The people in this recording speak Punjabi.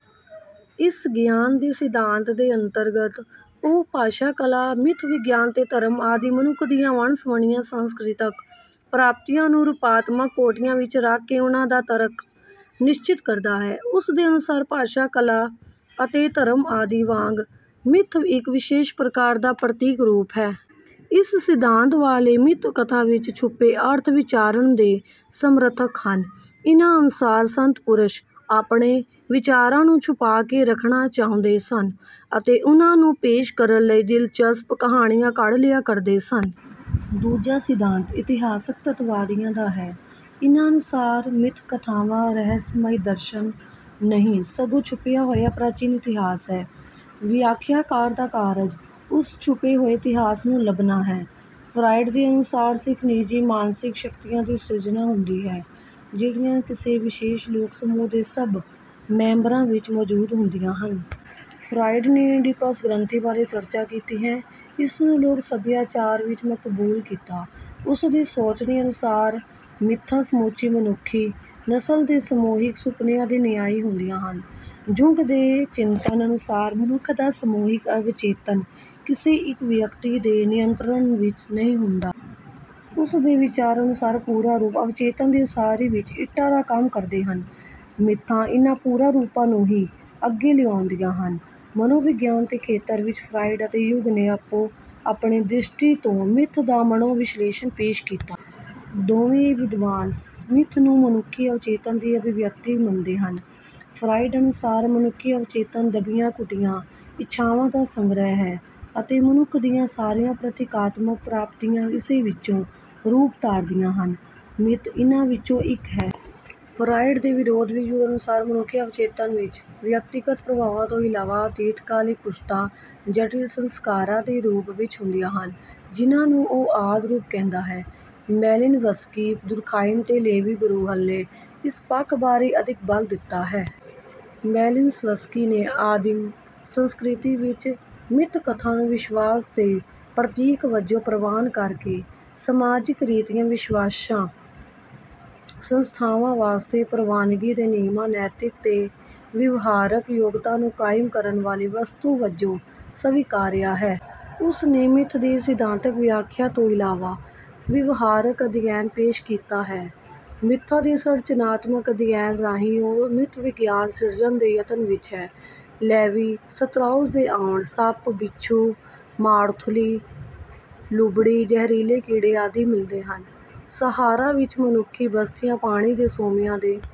ਇਸ ਗਿਆਨ ਦੇ ਸਿਧਾਂਤ ਦੇ ਅੰਤਰਗਤ ਉਹ ਭਾਸ਼ਾ ਕਲਾ ਮਿੱਥ ਵਿਗਿਆਨ ਤੇ ਧਰਮ ਆਦਿ ਮਨੁੱਖ ਦੀਆਂ ਵੰਨ ਸੁਵੰਨੀਆਂ ਸਾਂਸਕ੍ਰਿਤਕ ਪ੍ਰਾਪਤੀਆਂ ਨੂੰ ਰੂਪਾਤਮਕ ਕੋਟੀਆਂ ਵਿੱਚ ਰੱਖ ਕੇ ਉਨ੍ਹਾਂ ਦਾ ਤਰਕ ਨਿਸ਼ਚਿਤ ਕਰਦਾ ਹੈ। ਉਸ ਦੇ ਅਨੁਸਾਰ ਭਾਸ਼ਾ ਕਲਾ ਅਤੇ ਧਰਮ ਆਦਿ ਵਾਂਗ ਮਿੱਥ ਇੱਕ ਵਿਸ਼ੇਸ਼ ਪ੍ਰਕਾਰ ਦਾ ਪ੍ਰਤੀਕ ਰੂਪ ਹੈ। ਇਸ ਸਿਧਾਂਤ ਵਾਲੇ ਮਿੱਥ ਕਥਾ ਵਿੱਚ ਛੁਪੇ ਅਰਥ ਵਿਚਾਰਣ ਦੇ ਸਮਰਥਕ ਹਨ। ਇਨ੍ਹਾਂ ਅਨੁਸਾਰ ਸੰਤ ਪੁਰਸ਼ ਆਪਣੇ ਵਿਚਾਰਾਂ ਨੂੰ ਛੁਪਾ ਕੇ ਰੱਖਣਾ ਚਾਹੁੰਦੇ ਸਨ ਅਤੇ ਉਨ੍ਹਾਂ ਨੂੰ ਪੇਸ਼ ਕਰਨ ਲਈ ਦਿਲਚਸਪ ਕਹਾਣੀਆਂ ਘੜ ਲਿਆ ਕਰਦੇ ਸਨ। ਦੂਜਾ ਸਿਧਾਂਤ ਇਤਿਹਾਸਕ ਤੱਥਵਾਦੀਆਂ ਦਾ ਹੈ। ਇਨ੍ਹਾਂ ਅਨੁਸਾਰ ਮਿੱਥ ਕਥਾਵਾਂ ਰਹੱਸਮਈ ਦਰਸ਼ਨ ਨਹੀਂ ਸਗੋਂ ਛੁਪਿਆ ਹੋਇਆ ਪ੍ਰਾਚੀਨ ਇਤਿਹਾਸ ਹੈ। ਵਿਆਖਿਆਕਾਰ ਦਾ ਕਾਰਜ ਉਸ ਛੁਪੇ ਹੋਏ ਇਤਿਹਾਸ ਨੂੰ ਲੱਭਣਾ ਹੈ। ਫਰਾਇਡ ਦੇ ਅਨੁਸਾਰ ਮਿੱਥ ਨਿੱਜੀ ਮਾਨਸਿਕ ਸ਼ਕਤੀਆਂ ਦੀ ਸਿਰਜਣਾ ਹੁੰਦੀ ਹੈ ਜਿਹੜੀਆਂ ਕਿਸੇ ਵਿਸ਼ੇਸ਼ ਲੋਕ ਸਮੂਹ ਦੇ ਸਭ ਮੈਂਬਰਾਂ ਵਿੱਚ ਮੌਜੂਦ ਹੁੰਦੀਆਂ ਹਨ। ਫਰਾਇਡ ਨੇ ਇਡੀਪਸ ਗ੍ਰੰਥੀ ਬਾਰੇ ਚਰਚਾ ਕੀਤੀ ਹੈ। ਇਸ ਨੂੰ ਲੋਕ ਸਭਿਆਚਾਰ ਵਿੱਚ ਮਕਬੂਲ ਕੀਤਾ। ਉਸ ਦੀ ਸੋਚਣੀ ਅਨੁਸਾਰ ਮਿੱਥਾਂ ਸਮੁੱਚੀ ਮਨੁੱਖੀ ਨਸਲ ਦੇ ਸਮੂਹਿਕ ਸੁਪਨਿਆਂ ਦੀ ਨਿਆਈ ਹੁੰਦੀਆਂ ਹਨ। ਜੁੰਗ ਦੇ ਚਿੰਤਨ ਅਨੁਸਾਰ ਮਨੁੱਖ ਦਾ ਸਮੂਹਿਕ ਅਵਚੇਤਨ ਕਿਸੇ ਇੱਕ ਵਿਅਕਤੀ ਦੇ ਨਿਯੰਤਰਣ ਵਿੱਚ ਨਹੀਂ ਹੁੰਦਾ। ਉਸ ਦੇ ਵਿਚਾਰ ਅਨੁਸਾਰ ਪੁਰਾ ਰੂਪ ਅਵਚੇਤਨ ਦੀ ਉਸਾਰੀ ਵਿੱਚ ਇੱਟਾਂ ਦਾ ਕੰਮ ਕਰਦੇ ਹਨ। ਮਿੱਥਾਂ ਇਨ੍ਹਾਂ ਪੁਰਾ ਰੂਪਾਂ ਨੂੰ ਹੀ ਅੱਗੇ ਲਿਆਉਂਦੀਆਂ ਹਨ। ਮਨੋ ਵਿਗਿਆਨ ਦੇ ਖੇਤਰ ਵਿੱਚ ਫਰਾਇਡ ਅਤੇ ਯੁੰਗ ਨੇ ਆਪੋ ਆਪਣੀ ਦ੍ਰਿਸ਼ਟੀ ਤੋਂ ਮਿੱਥ ਦਾ ਮਨੋ ਵਿਸ਼ਲੇਸ਼ਣ ਪੇਸ਼ ਕੀਤਾ। ਦੋਵੇਂ ਵਿਦਵਾਨ ਮਿੱਥ ਨੂੰ ਮਨੁੱਖੀ ਅਵਚੇਤਨ ਦੀ ਅਭਿਵਿਅਕਤੀ ਮੰਨਦੇ ਹਨ। ਫਰਾਇਡ ਅਨੁਸਾਰ ਮਨੁੱਖੀ ਅਵਚੇਤਨ ਦੱਬੀਆਂ ਘੁੱਟੀਆਂ ਇੱਛਾਵਾਂ ਦਾ ਸੰਗ੍ਰਹਿ ਹੈ ਅਤੇ ਮਨੁੱਖ ਦੀਆਂ ਸਾਰੀਆਂ ਪ੍ਰਤੀਕਾਤਮਕ ਪ੍ਰਾਪਤੀਆਂ ਇਸੇ ਵਿੱਚੋਂ ਰੂਪ ਧਾਰਦੀਆਂ ਹਨ। ਮਿੱਥ ਇਨ੍ਹਾਂ ਵਿੱਚੋਂ ਇੱਕ ਹੈ। ਫਰਾਇਡ ਦੇ ਵਿਰੋਧ ਵਿੱਚ ਯੁੰਗ ਅਨੁਸਾਰ ਮਨੁੱਖੀ ਅਵਚੇਤਨ ਵਿੱਚ ਵਿਅਕਤੀਗਤ ਪ੍ਰਭਾਵਾਂ ਤੋਂ ਇਲਾਵਾ ਅਤੀਤਕਾਲੀ ਪੁਸ਼ਤਾਂ ਜਟਿਲ ਸੰਸਕਾਰਾਂ ਦੇ ਰੂਪ ਵਿੱਚ ਹੁੰਦੀਆਂ ਹਨ। ਜਿਨ੍ਹਾਂ ਨੂੰ ਉਹ ਆਦਿ ਰੂਪ ਕਹਿੰਦਾ ਹੈ। ਮੈਲਿਨਵਸਕੀ ਦੁਰਖਾਈਮ ਤੇ ਲੇਵੀ ਬਰੁਹਲ ਨੇ ਇਸ ਪੱਖ ਬਾਰੇ ਅਧਿਕ ਬਲ ਦਿੱਤਾ ਹੈ। ਮੈਲਿਨਵਸਕੀ ਨੇ ਆਦਿਮ ਸੰਸਕ੍ਰਿਤੀ ਵਿੱਚ ਮਿੱਥ ਕਥਾ ਨੂੰ ਵਿਸ਼ਵਾਸ ਦੇ ਪ੍ਰਤੀਕ ਵਜੋਂ ਪ੍ਰਵਾਨ ਕਰ ਕੇ ਸਮਾਜਿਕ ਰੀਤੀਆਂ ਵਿਸ਼ਵਾਸਾਂ ਸੰਸਥਾਵਾਂ ਵਾਸਤੇ ਪ੍ਰਵਾਨਗੀ ਦੇ ਨਿਯਮਾਂ ਨੈਤਿਕ ਤੇ ਵਿਵਹਾਰਕ ਯੋਗਤਾ ਨੂੰ ਕਾਇਮ ਕਰਨ ਵਾਲੀ ਵਸਤੂ ਵਜੋਂ ਸਵੀਕਾਰਿਆ ਹੈ। ਉਸ ਨੇ ਮਿੱਥ ਦੀ ਸਿਧਾਂਤਕ ਵਿਆਖਿਆ ਤੋਂ ਇਲਾਵਾ ਵਿਵਹਾਰਕ ਅਧਿਐਨ ਪੇਸ਼ ਕੀਤਾ ਹੈ। ਮਿੱਥਾਂ ਦੇ ਸੰਰਚਨਾਤਮਕ ਅਧਿਐਨ ਰਾਹੀਂ ਉਹ ਮਿੱਥ ਵਿਗਿਆਨ ਸਿਰਜਣ ਦੇ ਯਤਨ ਵਿੱਚ ਹੈ। ਲੇਵੀ ਸਤ੍ਰਾਉਸ ਦੇ ਆਉਣ। ਸੱਪ ਬਿੱਛੂ ਮਾਰੂਥਲੀ ਲੂੰਬੜੀ ਜ਼ਹਿਰੀਲੇ ਕੀੜੇ ਆਦਿ ਮਿਲਦੇ ਹਨ। ਸਹਾਰਾ ਵਿੱਚ ਮਨੁੱਖੀ ਬਸਤੀਆਂ ਪਾਣੀ ਦੇ ਸੋਮਿਆਂ ਦੇ